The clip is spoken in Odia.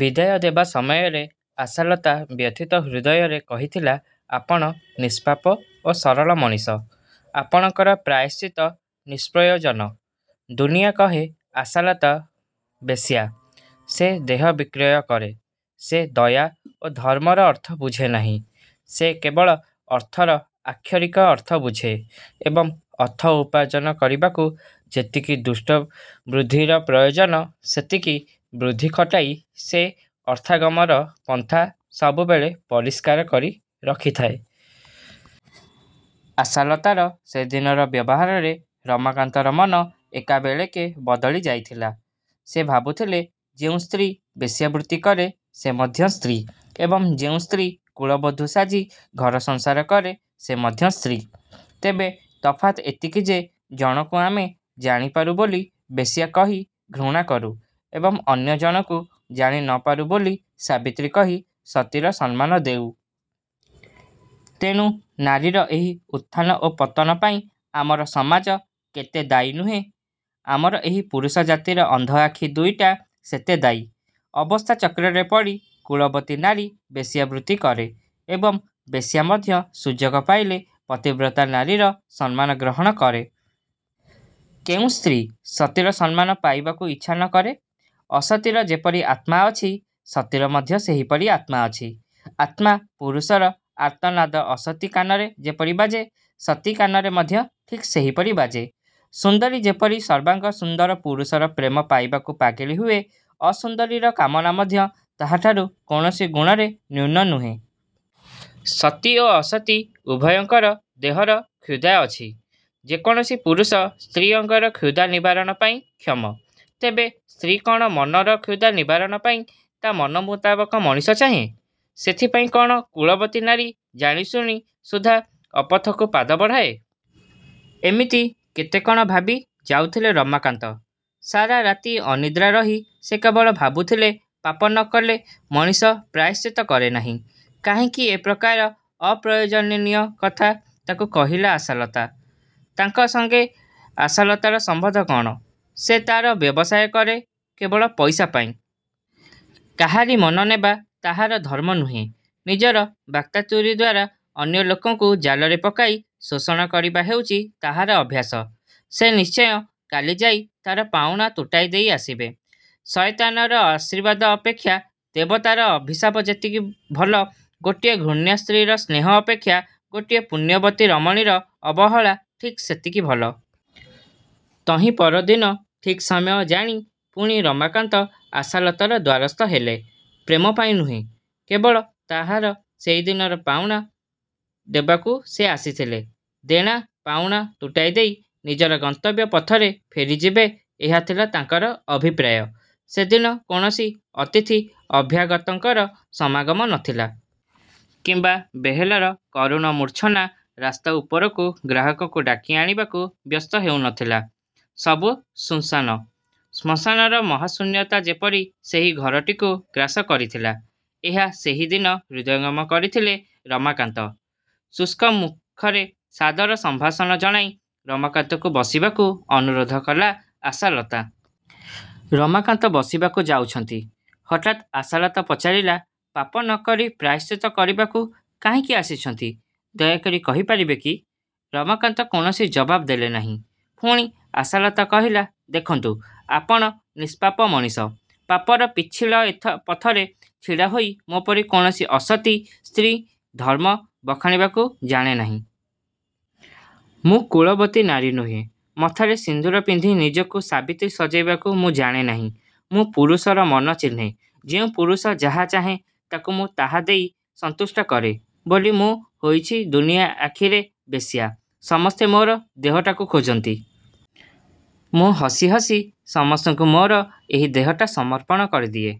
ବିଦାୟ ଦେବା ସମୟରେ ଆଶାଲତା ବ୍ୟଥିତ ହୃଦୟରେ କହିଥିଲା ''ଆପଣ ନିଷ୍ପାପ ଓ ସରଳ ମଣିଷ। ଆପଣଙ୍କର ପ୍ରାୟଶ୍ଚିତ ନିଷ୍ପ୍ରୟୋଜନ। '' ଦୁନିଆ କହେ ଆଶାଲତା ବେଶ୍ୟା। ସେ ଦେହ ବିକ୍ରୟ କରେ। ସେ ଦୟା ଓ ଧର୍ମର ଅର୍ଥ ବୁଝେନାହିଁ। ସେ କେବଳ ଅର୍ଥର ଆକ୍ଷରିକ ଅର୍ଥ ବୁଝେ ଏବଂ ଅର୍ଥ ଉପାର୍ଜନ କରିବାକୁ ଯେତିକି ଦୁଷ୍ଟ ବୁଦ୍ଧିର ପ୍ରୟୋଜନ ସେତିକି ବୁଦ୍ଧି ଖଟାଇ ସେ ଅର୍ଥାଗମର ପନ୍ଥା ସବୁବେଳେ ପରିଷ୍କାର କରି ରଖିଥାଏ। ଆଶାଲତାର ସେଦିନର ବ୍ୟବହାରରେ ରମାକାନ୍ତର ମନ ଏକାବେଳକେ ବଦଳି ଯାଇଥିଲା। ସେ ଭାବୁଥିଲେ ଯେଉଁ ସ୍ତ୍ରୀ ବେଶ୍ୟାବୃତ୍ତି କରେ ସେ ମଧ୍ୟ ସ୍ତ୍ରୀ ଏବଂ ଯେଉଁ ସ୍ତ୍ରୀ କୁଳବଧୂ ସାଜି ଘରସଂସାର କରେ ସେ ମଧ୍ୟ ସ୍ତ୍ରୀ। ତେବେ ତଫାତ୍ ଏତିକି ଯେ ଜଣକୁ ଆମେ ଜାଣିପାରୁ ବୋଲି ବେଶ୍ୟା କହି ଘୃଣାକରୁ ଏବଂ ଅନ୍ୟଜଣକୁ ଜାଣିନପାରୁ ବୋଲି ସାବିତ୍ରୀ କହି ସତୀର ସମ୍ମାନ ଦେଉ। ତେଣୁ ନାରୀର ଏହି ଉତ୍ଥାନ ଓ ପତନ ପାଇଁ ଆମର ସମାଜ କେତେ ଦାୟୀ ନୁହେଁ ଆମର ଏହି ପୁରୁଷ ଜାତିର ଅନ୍ଧ ଆଖି ଦୁଇଟା ସେତେ ଦାୟୀ। ଅବସ୍ଥାଚକ୍ରରେ ପଡ଼ି କୁଳବତୀ ନାରୀ ବେଶ୍ୟାବୃତ୍ତି କରେ ଏବଂ ବେଶ୍ୟା ମଧ୍ୟ ସୁଯୋଗ ପାଇଲେ ପତିବ୍ରତା ନାରୀର ସମ୍ମାନ ଗ୍ରହଣ କରେ। କେଉଁ ସ୍ତ୍ରୀ ସତୀର ସମ୍ମାନ ପାଇବାକୁ ଇଚ୍ଛାନକରେ? ଅସତୀର ଯେପରି ଆତ୍ମା ଅଛି ସତୀର ମଧ୍ୟ ସେହିପରି ଆତ୍ମା ଅଛି। ଆତ୍ମା ପୁରୁଷର ଆର୍ତ୍ତନାଦ ଅସତୀ କାନରେ ଯେପରି ବାଜେ ସତୀ କାନରେ ମଧ୍ୟ ଠିକ୍ ସେହିପରି ବାଜେ-। ସୁନ୍ଦରୀ ଯେପରି ସର୍ବାଙ୍ଗ ସୁନ୍ଦର ପୁରୁଷର ପ୍ରେମ ପାଇବାକୁ ପାଗଳୀ ହୁଏ ଅସୁନ୍ଦରୀର କାମନା ମଧ୍ୟ ତାହାଠାରୁ କୌଣସି ଗୁଣରେ ନ୍ୟୁନ ନୁହେଁ। ସତୀ ଓ ଅସତୀ ଉଭୟଙ୍କର ଦେହର କ୍ଷୁଦା ଅଛି। ଯେକୌଣସି ପୁରୁଷ ସ୍ତ୍ରୀ ଅଙ୍ଗର କ୍ଷୁଧା ନିବାରଣ ପାଇଁ କ୍ଷମ। ତେବେ ସ୍ତ୍ରୀ କ'ଣ ମନର କ୍ଷୁଧା ନିବାରଣ ପାଇଁ ତା' ମନ ମୁତାବକ ମଣିଷ ଚାହେଁ? ସେଥିପାଇଁ କ'ଣ କୁଳବତୀ ନାରୀ ଜାଣିଶୁଣି ସୁଦ୍ଧା ଅପଥକୁ ପାଦ ବଢ଼ାଏ? ଏମିତି କେତେ କ'ଣ ଭାବି ଯାଉଥିଲେ ରମାକାନ୍ତ। ସାରା ରାତି ଅନିଦ୍ରା ରହି ସେ କେବଳ ଭାବୁଥିଲେ ପାପ ନକଲେ ମଣିଷ ପ୍ରାୟଶ୍ଚିତ କରେନାହିଁ। କାହିଁକି ଏ ପ୍ରକାର ଅପ୍ରୟୋଜନୀୟ କଥା ତାଙ୍କୁ କହିଲା ଆଶାଲତା? ତାଙ୍କ ସଙ୍ଗେ ଆଶାଲତାର ସମ୍ବନ୍ଧ କ'ଣ? ସେ ତା'ର ବ୍ୟବସାୟ କରେ କେବଳ ପଇସା ପାଇଁ। କାହାରି ମନ ନେବା ତାହାର ଧର୍ମ ନୁହେଁ। ନିଜର ବାକ୍ଚାତୁରୀଦ୍ୱାରା ଅନ୍ୟ ଲୋକକୁ ଜାଲରେ ପକାଇ ଶୋଷଣ କରିବା ହେଉଛି ତାହାର ଅଭ୍ୟାସ। ସେ ନିଶ୍ଚୟ କାଲି ଯାଇ ତା'ର ପାଉଣା ତୁଟାଇଦେଇ ଆସିବେ। ଶୟତାନର ଆଶୀର୍ବାଦ ଅପେକ୍ଷା ଦେବତାର ଅଭିଶାପ ଯେତିକି ଭଲ ଗୋଟିଏ ଘୃଣ୍ୟା ସ୍ତ୍ରୀର ସ୍ନେହ ଅପେକ୍ଷା ଗୋଟିଏ ପୁଣ୍ୟବତୀ ରମଣୀର ଅବହେଳା ଠିକ୍ ସେତିକି ଭଲ। ତହିଁ ପରଦିନ ଠିକ୍ ସମୟ ଜାଣି ପୁଣି ରମାକାନ୍ତ ଆଶାଲତାର ଦ୍ୱାରସ୍ଥ ହେଲେ ପ୍ରେମ ପାଇଁ ନୁହେଁ। କେବଳ ତାହାର ସେଦିନର ପାଉଣା ଦେବାକୁ ସେ ଆସିଥିଲେ। ଦେଣା, ପାଉଣା ତୁଟାଇଦେଇ ନିଜର ଗନ୍ତବ୍ୟ ପଥରେ ଫେରିଯିବେ ଏହାଥିଲା ତାଙ୍କର ଅଭିପ୍ରାୟ। ସେଦିନ କୌଣସି ଅତିଥି ଅଭ୍ୟାଗତଙ୍କର ସମାଗମ ନ ଥିଲା। କିମ୍ବା ବେହେଲାର କରୁଣ ମୂର୍ଚ୍ଛନା ରାସ୍ତା ଉପରୁ ଗ୍ରାହକକୁ ଡାକି ଆଣିବାକୁ ବ୍ୟସ୍ତ ହେଉନଥିଲା। ସବୁ ଶୂନ୍ଶାନ। ଶ୍ମଶାନର ମହାଶୂନ୍ୟତା ଯେପରି ସେହି ଘରଟିକୁ ଗ୍ରାସ କରିଥିଲା ଏହା ସେହିଦିନ ହୃଦୟଙ୍ଗମ କରିଥିଲେ ରମାକାନ୍ତ। ଶୁଷ୍କ ମୁଖରେ ସାଦର ସମ୍ଭାଷଣ ଜଣାଇ ରମାକାନ୍ତଙ୍କୁ ବସିବାକୁ ଅନୁରୋଧ କଲା ଆଶାଲତା। ରମାକାନ୍ତ ବସିବାକୁ ଯାଉଛନ୍ତି, ହଠାତ୍ ଆଶାଲତା ପଚାରିଲା, ''ପାପ ନ କରି ପ୍ରାୟଶ୍ଚିତ୍ତ କରିବାକୁ କାହିଁକି ଆସିଛନ୍ତି ଦୟାକରି କହିପାରିବେ କି? '' ରମାକାନ୍ତ କୌଣସି ଜବାବ୍ ଦେଲେନାହିଁ। ପୁଣି ଆଶାଲତା କହିଲା, ''ଦେଖନ୍ତୁ, ଆପଣ ନିଷ୍ପାପ ମଣିଷ। ପାପର ପିଚ୍ଛିଳ ପଥରେ ଛିଡ଼ାହୋଇ ମୋ ପରି କୌଣସି ଅସତୀ ସ୍ତ୍ରୀ ଧର୍ମ ବଖାଣିବାକୁ ଜାଣେନାହିଁ। ମୁଁ କୁଳବତୀ ନାରୀ ନୁହେଁ। ମଥାରେ ସିନ୍ଦୂର ପିନ୍ଧି ନିଜକୁ ସାବିତ୍ରୀ ସଜାଇବାକୁ ମୁଁ ଜାଣେନାହିଁ। ମୁଁ ପୁରୁଷର ମନ ଚିହ୍ନେ। ଯେଉଁ ପୁରୁଷ ଯାହା ଚାହେଁ ତାକୁ ମୁଁ ତାହା ଦେଇ ସନ୍ତୁଷ୍ଟ କରେ ବୋଲି ମୁଁ ହୋଇଛି ଦୁନିଆ ଆଖିରେ ବେଶ୍ୟା। ସମସ୍ତେ ମୋର ଦେହଟାକୁ ଖୋଜନ୍ତି। ମୁଁ ହସି ହସି ସମସ୍ତଙ୍କୁ ମୋର ଏହି ଦେହଟା ସମର୍ପଣ କରିଦିଏ।